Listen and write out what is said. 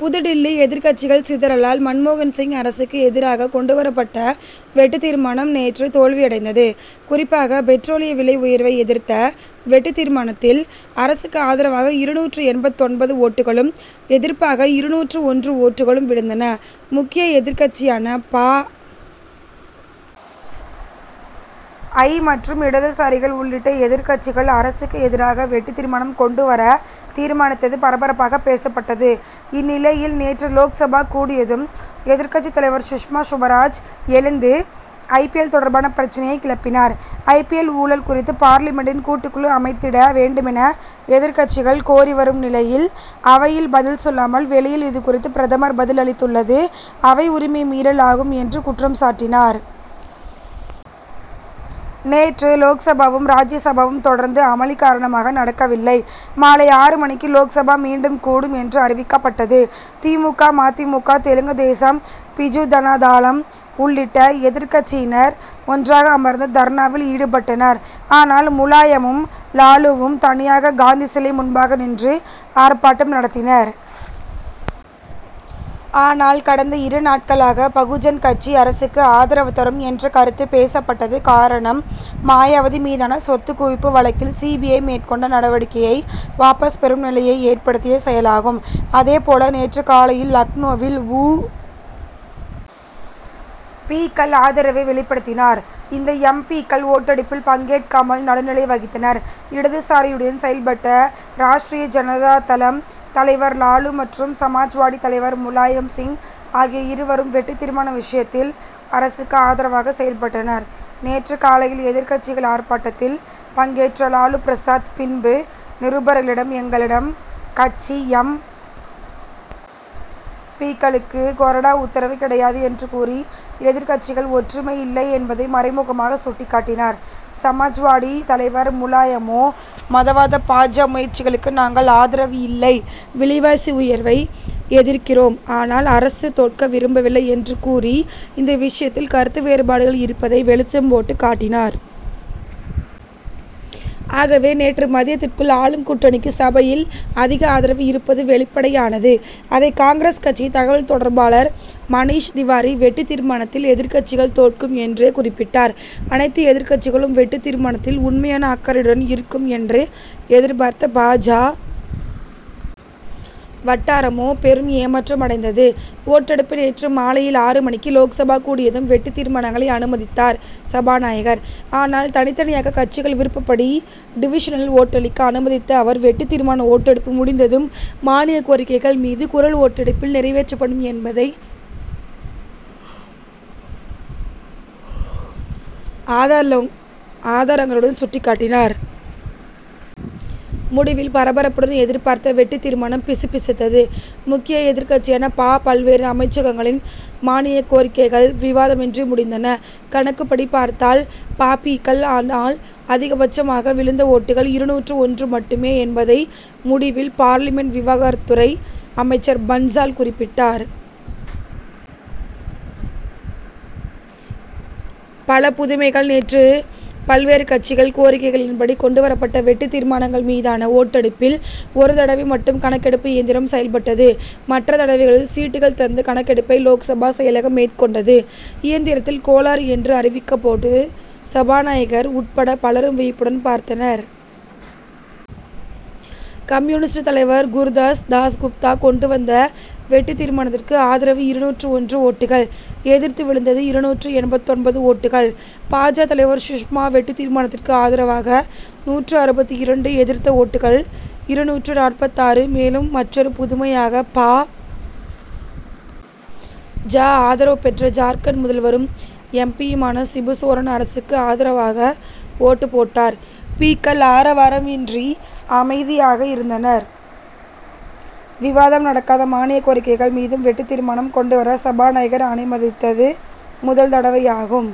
புதுடில்லி எதிர்க்கட்சிகள் சிதறலால் மன்மோகன் சிங் அரசுக்கு எதிராக கொண்டுவரப்பட்ட வெட்டுத் தீர்மானம் நேற்று தோல்வி அடைந்தது. குறிப்பாக பெட்ரோலிய விலை உயர்வை எதிர்த்த வெட்டுத் தீர்மானத்தில் அரசுக்கு ஆதரவாக இருநூற்று எண்பத்தொன்பது ஓட்டுகளும் எதிர்ப்பாக இருநூற்று ஒன்று ஓட்டுகளும் விழுந்தன. முக்கிய எதிர்க்கட்சியான பா. ஜ. மற்றும் இடதுசாரிகள் உள்ளிட்ட எதிர்க்கட்சிகள் அரசுக்கு எதிராக வெட்டுத் தீர்மானம் கொண்டுவர தீர்மானித்தது பரபரப்பாக பேசப்பட்டது. இந்நிலையில் நேற்று லோக்சபா கூடியதும் எதிர்க்கட்சித் தலைவர் சுஷ்மா சுவராஜ் எழுந்து ஐ. பி. எல். தொடர்பான பிரச்னையை கிளப்பினார். ஐ. பி. எல். ஊழல் குறித்து பார்லிமென்டின் கூட்டுக்குழு அமைத்திட வேண்டுமென எதிர்க்கட்சிகள் கோரி வரும் நிலையில் அவையில் பதில் சொல்லாமல் வெளியில் இதுகுறித்து பிரதமர் பதில் அளித்துள்ளது அவை உரிமை மீறல் ஆகும் என்று குற்றம் சாட்டினார். நேற்று லோக்சபாவும் ராஜ்யசபாவும் தொடர்ந்து அமளி காரணமாக நடக்கவில்லை. மாலை ஆறு மணிக்கு லோக்சபா மீண்டும் கூடும் என்று அறிவிக்கப்பட்டது. தி. மு. க. ம. தி. மு. க. தெலுங்குதேசம் பிஜு ஜனதாதளம் உள்ளிட்ட எதிர்க்கட்சியினர் ஒன்றாக அமர்ந்து தர்ணாவில் ஈடுபட்டனர். ஆனால் முலாயமும் லாலுவும் தனியாக காந்தி சிலை முன்பாக நின்று ஆர்ப்பாட்டம் நடத்தினர். ஆனால் கடந்த இருநாட்களாக பகுஜன் கட்சி அரசுக்கு ஆதரவு தரும் என்ற கருத்து பேசப்பட்டது காரணம் மாயாவதி மீதான சொத்துக் குவிப்பு வழக்கில் சி. பி. ஐ. மேற்கொண்ட நடவடிக்கையை வாபஸ் பெறும் நிலையை ஏற்படுத்திய செயலாகும். அதே போல நேற்று காலையில் லக்னோவில் உ. பி.க்கள் ஆதரவை வெளிப்படுத்தினார். இந்த எம். பி.க்கள் ஓட்டெடுப்பில் பங்கேற்காமல் நடுநிலை வகித்தனர். இடதுசாரியுடன் செயல்பட்ட ராஷ்டிரிய ஜனதாதளம் தலைவர் லாலு மற்றும் சமாஜ்வாடி தலைவர் முலாயம் சிங் ஆகிய இருவரும் வெட்டுத் தீர்மான விஷயத்தில் அரசுக்கு ஆதரவாக செயல்பட்டனர். நேற்று காலையில் எதிர்க்கட்சிகள் ஆர்ப்பாட்டத்தில் பங்கேற்ற லாலு பிரசாத் பின்பு நிருபர்களிடம் எங்கள் கட்சி எம். பி.க்களுக்கு கொறடா உத்தரவு கிடையாது என்று கூறி எதிர்க்கட்சிகள் ஒற்றுமை இல்லை என்பதை மறைமுகமாக சுட்டிக்காட்டினார். சமாஜ்வாடி தலைவர் முலாயமோ மதவாத பா. ஜ. முயற்சிகளுக்கு நாங்கள் ஆதரவு இல்லை விலைவாசி உயர்வை எதிர்க்கிறோம் ஆனால் அரசு தோற்க விரும்பவில்லை என்று கூறி இந்த விஷயத்தில் கருத்து வேறுபாடுகள் இருப்பதை வெளிச்சம் போட்டுக் காட்டினார். ஆகவே நேற்று மதியத்திற்குள் ஆளும் கூட்டணிக்கு சபையில் அதிக ஆதரவு இருப்பது வெளிப்படையானது. அதை காங்கிரஸ் கட்சி தகவல்தொடர்பாளர் மணீஷ் திவாரி வெட்டுத் தீர்மானத்தில் எதிர்க்கட்சிகள் தோற்கும் என்றே குறிப்பிட்டார். அனைத்து எதிர்க்கட்சிகளும் வெட்டுத் தீர்மானத்தில் உண்மையான அக்கறையுடன் இருக்கும் என்று எதிர்பார்த்த பா. ஜ. வட்டாரமோ பெரும் ஏமாற்றம் அடைந்தது. ஓட்டெடுப்பு நேற்று மாலையில் ஆறு மணிக்கு லோக்சபா கூடியதும் வெட்டுத் தீர்மானங்களை அனுமதித்தார் சபாநாயகர். ஆனால் தனித் தனியாக கட்சிகள் விருப்பப்படி டிவிஷனில் ஓட்டளிக்க அனுமதித்த அவர் வெட்டுத் தீர்மான ஓட்டெடுப்பு முடிந்ததும் மானியக் கோரிக்கைகள் மீது குரல் ஓட்டெடுப்பில் நிறைவேற்றப்படும் என்பதை ஆதாரங்களுடன் சுட்டிக்காட்டினார். முடிவில் பரபரப்புடன் எதிர்பார்த்த வெட்டுத் தீர்மானம் பிசுபிசுத்தது. முக்கிய எதிர்க்கட்சியான பா. பல்வேறு அமைச்சகங்களின் மானியக் கோரிக்கைகள் விவாதமின்றி முடிந்தன. கணக்குப்படி பார்த்தால் பா. பி.க்கள். ஆனால் அதிக பட்சமாக விழுந்த ஒட்டுகள் இருநூற்று ஒன்று மட்டுமே என்பதை முடிவில் பார்லிமென்ட் விவகாரத்துறை அமைச்சர் பன்சால் குறிப்பிட்டார். பல புதுமைகள் நேற்று பல்வேறு கட்சிகள் கோரிக்கைகளின் படி கொண்டுவரப்பட்ட வெட்டுத் தீர்மானங்கள் மீதான ஓட்டெடுப்பில் ஒரு தடவை மட்டும் கணக்கெடுப்பு இயந்திரம் செயல்பட்டது. மற்ற தடவைகளில் சீட்டுகள் தந்து கணக்கெடுப்பை லோக்சபா செயலகம் மேற்கொண்டது. இயந்திரத்தில் கோளாறு என்று அறிவிக்கப்பட்ட போது சபாநாயகர் உட்பட பலரும் வியப்புடன் பார்த்தனர். கம்யூனிஸ்ட் தலைவர் குருதாஸ் தாஸ்குப்தா கொண்டு வந்த வெட்டுத் தீர்மானத்திற்கு ஆதரவு இருநூற்று ஒன்று ஓட்டுகள். எதிர்த்து விழுந்தது இருநூற்று எண்பத்தொன்பது ஓட்டுகள். பா. ஜ. தலைவர் சுஷ்மா வெட்டுத் தீர்மானத்திற்கு ஆதரவாக நூற்று அறுபத்து இரண்டு எதிர்த்த ஓட்டுகள் இருநூற்று நாற்பத்தாறு. மேலும் மற்றொரு புதுமையாக பா. ஜ. ஆதரவு பெற்ற ஜார்க்கண்ட் முதல்வரும் எம். பி.யுமான சிபுசோரன் அரசுக்கு ஆதரவாக ஓட்டு போட்டார். பி.க்கள் ஆரவாரம் இன்றி அமைதியாக இருந்தனர். விவாதம் நடக்காத மானிய கோரிக்கைகள் மீதும் வெட்டுத் தீர்மானம் கொண்டுவர சபாநாயகர் அனுமதித்து முதல் தடவையாகும்.